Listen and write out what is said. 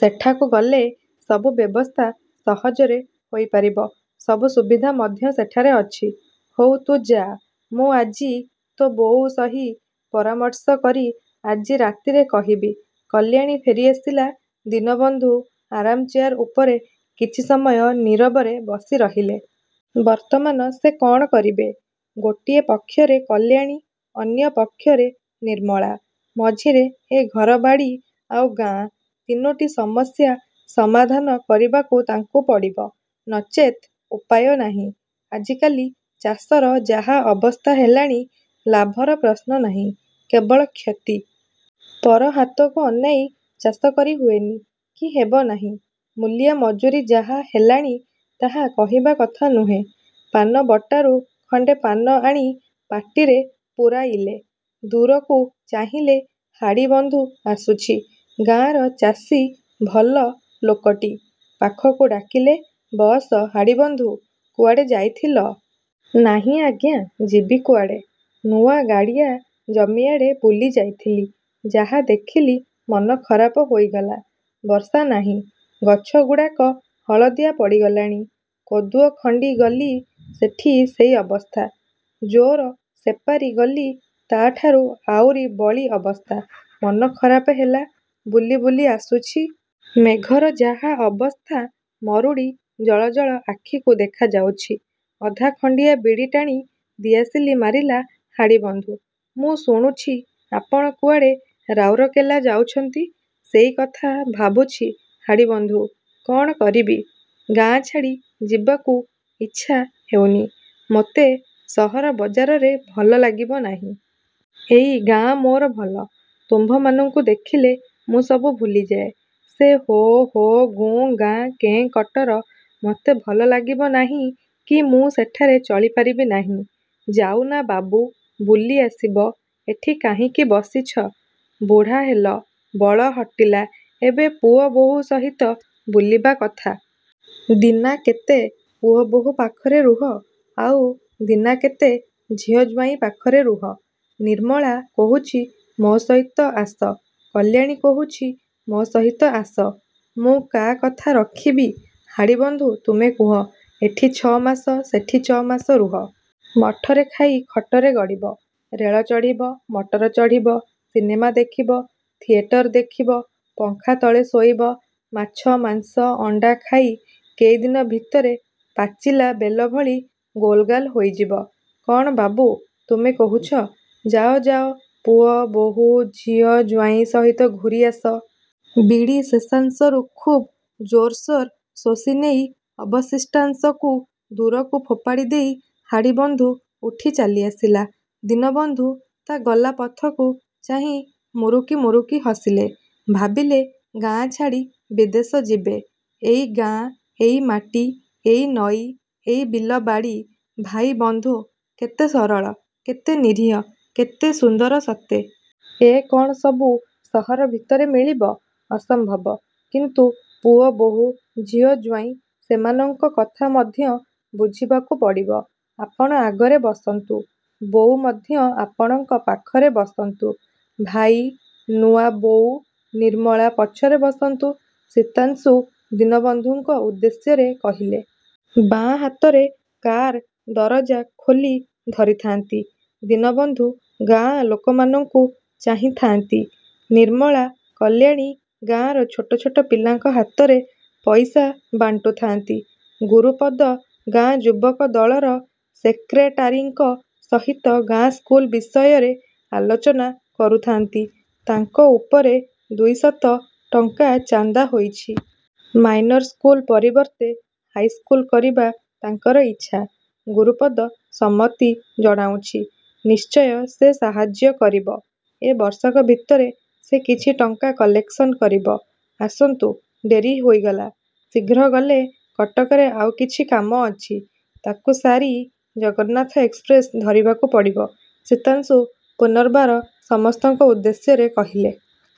ସେଠାକୁ ଗଲେ ସବୁ ବ୍ୟବସ୍ଥା ସହଜରେ ହୋଇ ପାରିବ। ସବୁ ସୁବିଧା ମଧ୍ୟ ସେଠାରେ ଅଛି। ହଉ ତୁ ଯା ମୁଁ ଆଜି ତୋ' ବୋଉ ସହି ପରାମର୍ଶ କରି ଆଜି ରାତିରେ କହିବି। କଲ୍ୟାଣୀ ଫେରି ଆସିଲା। ଦୀନବନ୍ଧୁ ଆରାମ୍ ଚେୟାର ଉପରେ କିଛି ସମୟ ନୀରବରେ ବସି ରହିଲେ। ବର୍ତ୍ତମାନ ସେ କ'ଣ କରିବେ? ଗୋଟିଏ ପକ୍ଷରେ କଲ୍ୟାଣୀ, ଅନ୍ୟ ପକ୍ଷରେ ନିର୍ମଳା; ମଝିରେ ଏ ଘରବାଡ଼ି ଆଉ ଗାଁ। ତିନୋଟି ସମସ୍ୟା ସମାଧାନ କରିବାକୁ ତାଙ୍କୁ ପଡ଼ିବ। ନଚେତ୍ ଉପାୟ ନାହିଁ। ଆଜିକାଲି ଚାଷର ଯାହା ଅବସ୍ଥା ହେଲାଣି ଲାଭର ପ୍ରଶ୍ନ ନାହିଁ କେବଳ କ୍ଷତି। ପର ହାତକୁ ଅନାଇ ଚାଷ କରି ହୁଏନି, କି ହେବ ନାହିଁ। ମୂଲିଆ ମଜୁରୀ ଯାହା ହେଲାଣି, ତାହା କହିବା କଥା ନୁହେଁ। ପାନବଟାରୁ ଖଣ୍ଡେ ପାନ ଆଣି ପାଟିରେ ପୂରାଇଲେ। ଦୂରକୁ ଚାହିଁଲେ ହାଡ଼ିବନ୍ଧୁ ଆସୁଛି। ଗାଁର ଚାଷୀ ଭଲ ଲୋକଟି। ପାଖକୁ ଡାକିଲେ, ବସ ହାଡ଼ିବନ୍ଧୁ, କୁଆଡ଼େ ଯାଇଥିଲ? ନାହିଁ ଆଜ୍ଞା ଯିବି କୁଆଡ଼େ। ନୂଆ ଗାଡ଼ିଆ ଜମିଆଡ଼େ ବୁଲି ଯାଇଥିଲି। ଯାହା ଦେଖିଲି, ମନ ଖରାପ ହୋଇଗଲା। ବର୍ଷା ନାହିଁ ଗଛଗୁଡ଼ାକ ହଳଦିଆ ପଡ଼ିଗଲାଣି। କୋଦୁଅଖଣ୍ଡି ଗଲି ସେଠି ସେହି ଅବସ୍ଥା। ଯୋର ସେପାରି ଗଲି ତା'ଠାରୁ ଆଉରି ବଳି ଅବସ୍ଥା। ମନ ଖରାପ ହେଲା ବୁଲି ବୁଲି ଆସୁଛି। ମେଘର ଯାହା ଅବସ୍ଥା, ମରୁଡ଼ି ଜଳ ଜଳ ଆଖିକୁ ଦେଖାଯାଉଛି। ଅଧା ଖଣ୍ଡିଆ ବିଡ଼ି ଟାଣି ଦିଆସିଲି ମାରିଲା ହାଡ଼ିବନ୍ଧୁ। ମୁଁ ଶୁଣୁଛି ଆପଣ କୁଆଡ଼େ ରାଉରକେଲା ଯାଉଛନ୍ତି। ସେହିକଥା ଭାବୁଛି ହାଡ଼ିବନ୍ଧୁ! କ'ଣ କରିବି। ଗାଁ ଛାଡ଼ି ଯିବାକୁ ଇଚ୍ଛା ହେଉନି। ମୋତେ ସହର ବଜାରରେ ଭଲ ଲାଗିବ ନାହିଁ। ଏଇ ଗାଁ ମୋର ଭଲ। ତୁମ୍ଭମାନଙ୍କୁ ଦେଖିଲେ ମୁଁ ସବୁ ଭୁଲିଯାଏ। ସେ ହୋ ହୋ ଗୁଁ ଗାଁ କେଁ କଟର ମୋତେ ଭଲ ଲାଗିବ ନାହିଁ କି ମୁଁ ସେଠାରେ ଚଳିପାରିବି ନାହିଁ। ଯାଉନା ବାବୁ ବୁଲି ଆସିବ, ଏଠି କାହିଁକି ବସିଛ। ବୁଢ଼ା ହେଲ, ବଳ ହଟିଲା, ଏବେ ପୁଅ ବୋହୂ ସହିତ ବୁଲିବା କଥା। ଦିନାକେତେ ପୁଅ ବୋହୂ ପାଖରେ ରୁହ। ଆଉ ଦିନାକେତେ ଝିଅ ଜ୍ୱାଇଁ ପାଖରେ ରୁହ। ନିର୍ମଳା କହୁଛି ମୋ ସହିତ ଆସ, କଲ୍ୟାଣୀ କହୁଛି ମୋ ସହିତ ଆସ। ମୁଁ କା କଥା ରଖିବି? ହାଡ଼ିବନ୍ଧୁ, ତୁମେ କୁହ। ଏଠି ଛ'ମାସ, ସେଠି ଛ'ମାସ ରୁହ। ମଠରେ ଖାଇ ଖଟରେ ଗଡ଼ିବ। ରେଳ ଚଢ଼ିବ, ମଟର ଚଢ଼ିବ; ସିନେମା ଦେଖିବ, ଥିଏଟର ଦେଖିବ, ପଙ୍ଖା ତଳେ ଶୋଇବ, ମାଛ, ମାଂସ, ଅଣ୍ଡା ଖାଇ କେଇଦିନ ଭିତରେ ପାଚିଲା ବେଲଭଳି ଗୋଲଗାଲ ହୋଇଯିବ। କ'ଣ ବାବୁ ତୁମେ କହୁଛ। ଯାଅ ଯାଅ ପୁଅ, ବୋହୂ ଝିଅ, ଜ୍ୱାଇଁ ସହିତ ଘୂରିଆସ। ବିଡ଼ି ଶେଷାଂସରୁ ଖୁବ୍ ଜୋରସୋର ଶୋଷିନେଇ ଅବଶିଷ୍ଟାଂଶକୁ ଦୂରକୁ ଫୋପାଡ଼ି ଦେଇ ହାଡ଼ିବନ୍ଧୁ ଉଠି ଚାଲି ଆସିଲା। ଦୀନବନ୍ଧୁ ତା' ଗଲା ପଥକୁ ଚାହିଁ ମୁରୁକି ମୁରୁକି ହସିଲେ। ଭାବିଲେ ଗାଁ ଛାଡ଼ି ବିଦେଶ ଯିବେ। ଏଇ ଗାଁ, ଏଇ ମାଟି, ଏଇ ନଈ, ଏଇ ବିଲ ବାଡ଼ି, ଭାଇବନ୍ଧୁ, କେତେ ସରଳ, କେତେ ନିରୀହ, କେତେ ସୁନ୍ଦର ସତେ। ଏ କ'ଣ ସବୁ ସହର ଭିତରେ ମିଳିବ? ଅସମ୍ଭବ। କିନ୍ତୁ ପୁଅ ବୋହୂ, ଝିଅ ଜ୍ୱାଇଁ ସେମାନଙ୍କ କଥା ମଧ୍ୟ ବୁଝିବାକୁ ପଡ଼ିବ। ଆପଣ ଆଗରେ ବସନ୍ତୁ। ବୋଉ ମଧ୍ୟ ଆପଣଙ୍କ ପାଖରେ ବସନ୍ତୁ, ଭାଇ, ନୂଆବୋଉ, ନିର୍ମଳା ପଛରେ ବସନ୍ତୁ, ଶୀତାଂଶୁ ଦୀନବନ୍ଧୁଙ୍କ ଉଦ୍ଦେଶ୍ୟରେ କହିଲେ। ବାଆଁ ହାତରେ କାର୍ର ଦରଜା ଖୋଲି ଧରିଥାନ୍ତି। ଦୀନବନ୍ଧୁ ଗାଁ ଲୋକମାନଙ୍କୁ ଚାହିଁଥାନ୍ତି। ନିର୍ମଳା, କଲ୍ୟାଣୀ ଗାଁର ଛୋଟ ଛୋଟ ପିଲାଙ୍କ ହାତରେ ପଇସା ବାଣ୍ଟୁଥାନ୍ତି। ଗୁରୁପଦ ଗାଁ ଯୁବକ ଦଳର ସେକ୍ରେଟାରୀଙ୍କ ସହିତ ଗାଁ ସ୍କୁଲ ବିଷୟରେ ଆଲୋଚନା କରୁଥାନ୍ତି। ତାଙ୍କ ଉପରେ ଦୁଇଶତ ଟଙ୍କା ଚାନ୍ଦା ହୋଇଛି। ମାଇନର ସ୍କୁଲ ପରିବର୍ତ୍ତେ ହାଇସ୍କୁଲ କରିବା ତାଙ୍କର ଇଚ୍ଛା। ଗୁରୁପଦ ସମ୍ମତି ଜଣାଉଛି। ନିଶ୍ଚୟ ସେ ସାହାଯ୍ୟ କରିବ। ଏ ବର୍ଷକ ଭିତରେ ସେ କିଛି ଟଙ୍କା କଲେକ୍ସନ କରିବ। ଆସନ୍ତୁ ଡେରି ହୋଇଗଲା। ଶୀଘ୍ର ଗଲେ କଟକରେ ଆଉ କିଛି କାମ ଅଛି, ତା'କୁ ସାରି ଜଗନ୍ନାଥ ଏକ୍ସପ୍ରେସ୍ ଧରିବାକୁ ପଡ଼ିବ, ଶୀତାଂଶୁ ପୁନର୍ବାର ସମସ୍ତଙ୍କ ଉଦ୍ଦେଶ୍ୟରେ କହିଲେ।